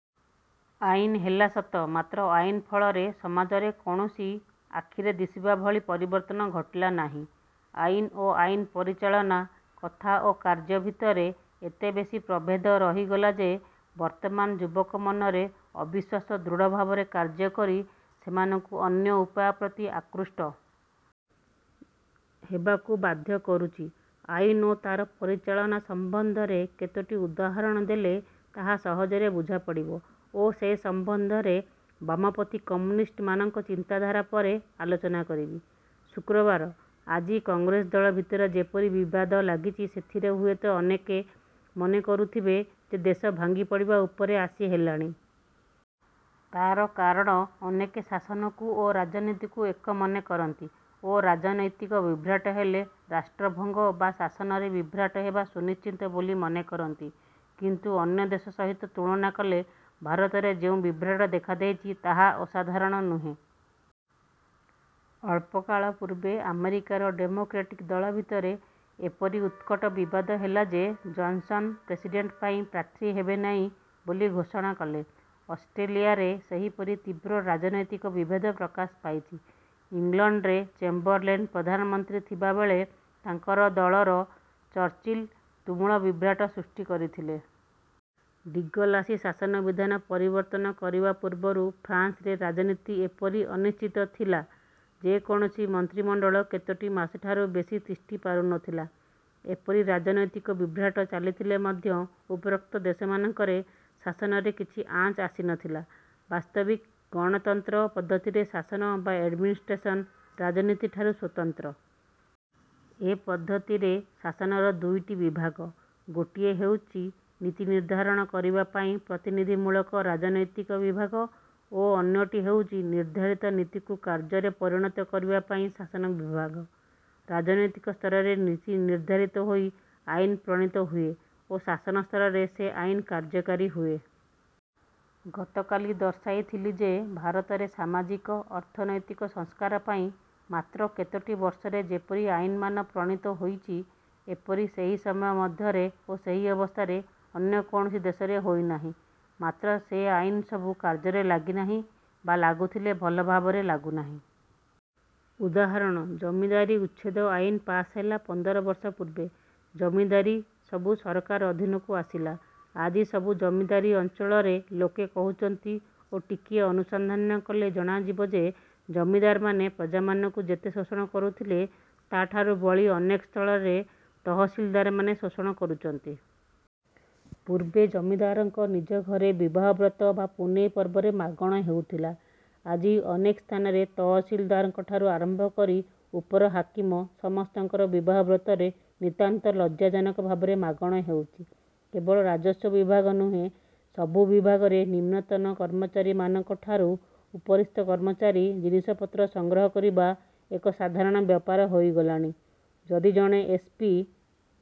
ଆଇନ ହେଲା ସତ ମାତ୍ର ଆଇନ ଫଳରେ ସମାଜରେ କୌଣସି ଆଖିରେ ଦିଶିବା ଭଳି ପରିବର୍ତ୍ତନ ଘଟିଲା ନାହିଁ। ଆଇନ ଓ ଆଇନ ପରିଚାଳନା, କଥା ଓ କାର୍ଯ୍ୟ ଭିତରେ ଏତେ ବେଶି ପ୍ରଭେଦ ରହିଗଲା ଯେ ବର୍ତ୍ତମାନ ଯୁବକ ମନରେ ଅବିଶ୍ୱାସ ଦୃଢ଼ଭାବରେ କାର୍ଯ୍ୟକରି ସେମାନଙ୍କୁ ଅନ୍ୟ ଉପାୟ ପ୍ରତି ଆକୃଷ୍ଟ। ହେବାକୁ ବାଧ୍ୟ କରୁଛି। ଆଇନ ଓ ତା'ର ପରିଚାଳନା ସମ୍ବନ୍ଧରେ କେତୋଟି ଉଦାହରଣ ଦେଲେ ତାହା ସହଜରେ ବୁଝାପଡ଼ିବ ଓ ସେ ସମ୍ବନ୍ଧରେ ବାମପନ୍ଥୀ କମ୍ୟୁନିଷ୍ଟମାନଙ୍କ ଚିନ୍ତାଧାରା ପରେ ଆଲୋଚନା କରିବି। ଶୁକ୍ରବାର ଆଜି କଂଗ୍ରେସ ଦଳ ଭିତରେ ଯେପରି ବିବାଦ ଲାଗିଛି ସେଥିରେ ହୁଏତ ଅନେକେ ମନେ କରୁଥିବେ ଯେ ଦେଶ ଭାଙ୍ଗିପଡ଼ିବା ଉପରେ ଆସି ହେଲାଣି। ତା'ର କାରଣ ଅନେକେ ଶାସନକୁ ଓ ରାଜନୀତିକୁ ଏକ ମନେ କରନ୍ତି ଓ ରାଜନୈତିକ ବିଭ୍ରାଟ ହେଲେ, ରାଷ୍ଟ୍ରଭଙ୍ଗ ବା ଶାସନର ବିଭ୍ରାଟ ହେବା ସୁନିଶ୍ଚିତ ବୋଲି ମନେ କରନ୍ତି; କିନ୍ତୁ ଅନ୍ୟ ଦେଶ ସହିତ ତୁଳନା କଲେ ଭାରତରେ ଯେଉଁ ବିଭ୍ରାଟ ଦେଖାଦେଇଛି ତାହା ଅସାଧାରଣ ନୁହେଁ। ଅଳ୍ପକାଳ ପୂର୍ବେ ଆମେରିକାର ଡେମୋକ୍ରେଟିକ ଦଳ ଭିତରେ ଏପରି ଉତ୍କଟ ବିବାଦ ହେଲା ଯେ ଜନସନ୍ ପ୍ରେସିଡ଼େଣ୍ଟ ପାଇଁ ପ୍ରାର୍ଥୀ ହେବେନାହିଁ ବୋଲି ଘୋଷଣା କଲେ। ଅଷ୍ଟ୍ରେଲିୟାରେ ସେହିପରି ତୀବ୍ର ରାଜନୈତିକ ବିଭେଦ ପ୍ରକାଶ ପାଇଛି। ଇଂଲଣ୍ଡରେ ଚେମ୍ବରଲେନ ପ୍ରଧାନମନ୍ତ୍ରୀ ଥିବାବେଳେ ତାଙ୍କର ଦଳର ଚର୍ଚ୍ଚିଲ ତୁମୁଳ ବିଭ୍ରାଟ ସୃଷ୍ଟି କରିଥିଲେ। ଡିଗଲ ଆସି ଶାସନ ବିଧାନ ପରିବର୍ତ୍ତନ କରିବା ପୂର୍ବରୁ ଫ୍ରାନସରେ ରାଜନୀତି ଏପରି ଅନିଶ୍ଚିତ ଥିଲା ଯେ କୌଣସି ମନ୍ତ୍ରିମଣ୍ଡଳ କେତୋଟି ମାସଠାରୁ ବେଶି ତିଷ୍ଠି ପାରୁନଥିଲା। ଏପରି ରାଜନୈତିକ ବିଭ୍ରାଟ ଚାଲିଥିଲେ ମଧ୍ୟ ଉପରୋକ୍ତ ଦେଶମାନଙ୍କର ଶାସନରେ କିଛି ଆଞ୍ଚ ଆସିନଥିଲା। ବାସ୍ତବିକ ଗଣତନ୍ତ୍ର ପଦ୍ଧତିରେ ଶାସନ ବା ଏଡ଼ମିନିଷ୍ଟ୍ରେସନ ରାଜନୀତିଠାରୁ ସ୍ୱତନ୍ତ୍ର। ଏ ପଦ୍ଧତିରେ ଶାସନର ଦୁଇଟି ବିଭାଗ- ଗୋଟିଏ ହେଉଛି ନୀତି ନିର୍ଦ୍ଧାରଣ କରିବାପାଇଁ ପ୍ରତିନିଧିମୂଳକ ରାଜନୈତିକ ବିଭାଗ ଓ ଅନ୍ୟଟି ହେଉଛି ନିର୍ଦ୍ଧାରିତ ନୀତିକୁ କାର୍ଯ୍ୟରେ ପରିଣତ କରିବାପାଇଁ ଶାସନ ବିଭାଗ। ରାଜନୈତିକ ସ୍ତରରେ ନୀତି ନିର୍ଦ୍ଧାରିତ ହୋଇ ଆଇନ ପ୍ରଣୀତ ହୁଏ ଓ ଶାସନ ସ୍ତରରେ ସେ ଆଇନ କାର୍ଯ୍ୟକାରୀ ହୁଏ। ଗତକାଲି ଦର୍ଶାଇଥିଲି ଯେ ଭାରତରେ ସାମାଜିକ, ଅର୍ଥନୈତିକ ସଂସ୍କାର ପାଇଁ ମାତ୍ର କେତୋଟି ବର୍ଷରେ ଯେପରି ଆଇନମାନ ପ୍ରଣୀତ ହୋଇଛି, ଏପରି ସେହି ସମୟ ମଧ୍ୟରେ ଓ ସେହି ଅବସ୍ଥାରେ ଅନ୍ୟ କୌଣସି ଦେଶରେ ହୋଇନାହିଁ। ମାତ୍ର ସେ ଆଇନ ସବୁ କାର୍ଯ୍ୟରେ ଲାଗିନାହିଁ ବା ଲାଗୁଥିଲେ ଭଲଭାବରେ ଲାଗୁନାହିଁ। ଉଦାହରଣ- ଜମିଦାରୀ ଉଚ୍ଛେଦ ଆଇନ ପାସ ହେଲା ପନ୍ଦରବର୍ଷ ପୂର୍ବେ। ଜମିଦାରୀ ସବୁ ସରକାର ଅଧୀନକୁ ଆସିଲା। ଆଜି ସବୁ ଜମିଦାରୀ ଅଞ୍ଚଳରେ ଲୋକେ କହୁଛନ୍ତି ଓ ଟିକିଏ ଅନୁସନ୍ଧାନ କଲେ ଜଣାଯିବ ଯେ ଜମିଦାରମାନେ ପ୍ରଜାମାନଙ୍କୁ ଯେତେ ଶୋଷଣ କରୁଥିଲେ, ତା'ଠାରୁ ବଳି ଅନେକ ସ୍ଥଳରେ ତହସିଲଦାରମାନେ ଶୋଷଣ କରୁଛନ୍ତି। ପୂର୍ବେ ଜମିଦାରଙ୍କ ନିଜ ଘରେ ବିବାହ ବ୍ରତ ବା ପୁନେଇ ପର୍ବରେ ମାଗଣ ହେଉଥିଲା। ଆଜି ଅନେକ ସ୍ଥାନରେ ତହସିଲଦାରଙ୍କଠାରୁ ଆରମ୍ଭ କରି ଉପର ହାକିମ ସମସ୍ତଙ୍କର ବିବାହ ବ୍ରତରେ ନିତାନ୍ତ ଲଜ୍ଜାଜନକ ଭାବରେ ମାଗଣ ହେଉଛି। କେବଳ ରାଜସ୍ୱ ବିଭାଗ ନୁହେଁ, ସବୁ ବିଭାଗରେ ନିମ୍ନତନ କର୍ମଚାରୀମାନଙ୍କଠାରୁ ଉପରିସ୍ଥ କର୍ମଚାରୀ ଜିନିଷପତ୍ର ସଂଗ୍ରହ କରିବା ଏକ ସାଧାରଣ ବ୍ୟାପାର ହୋଇଗଲାଣି। ଯଦି ଜଣେ ଏସ୍. ପି.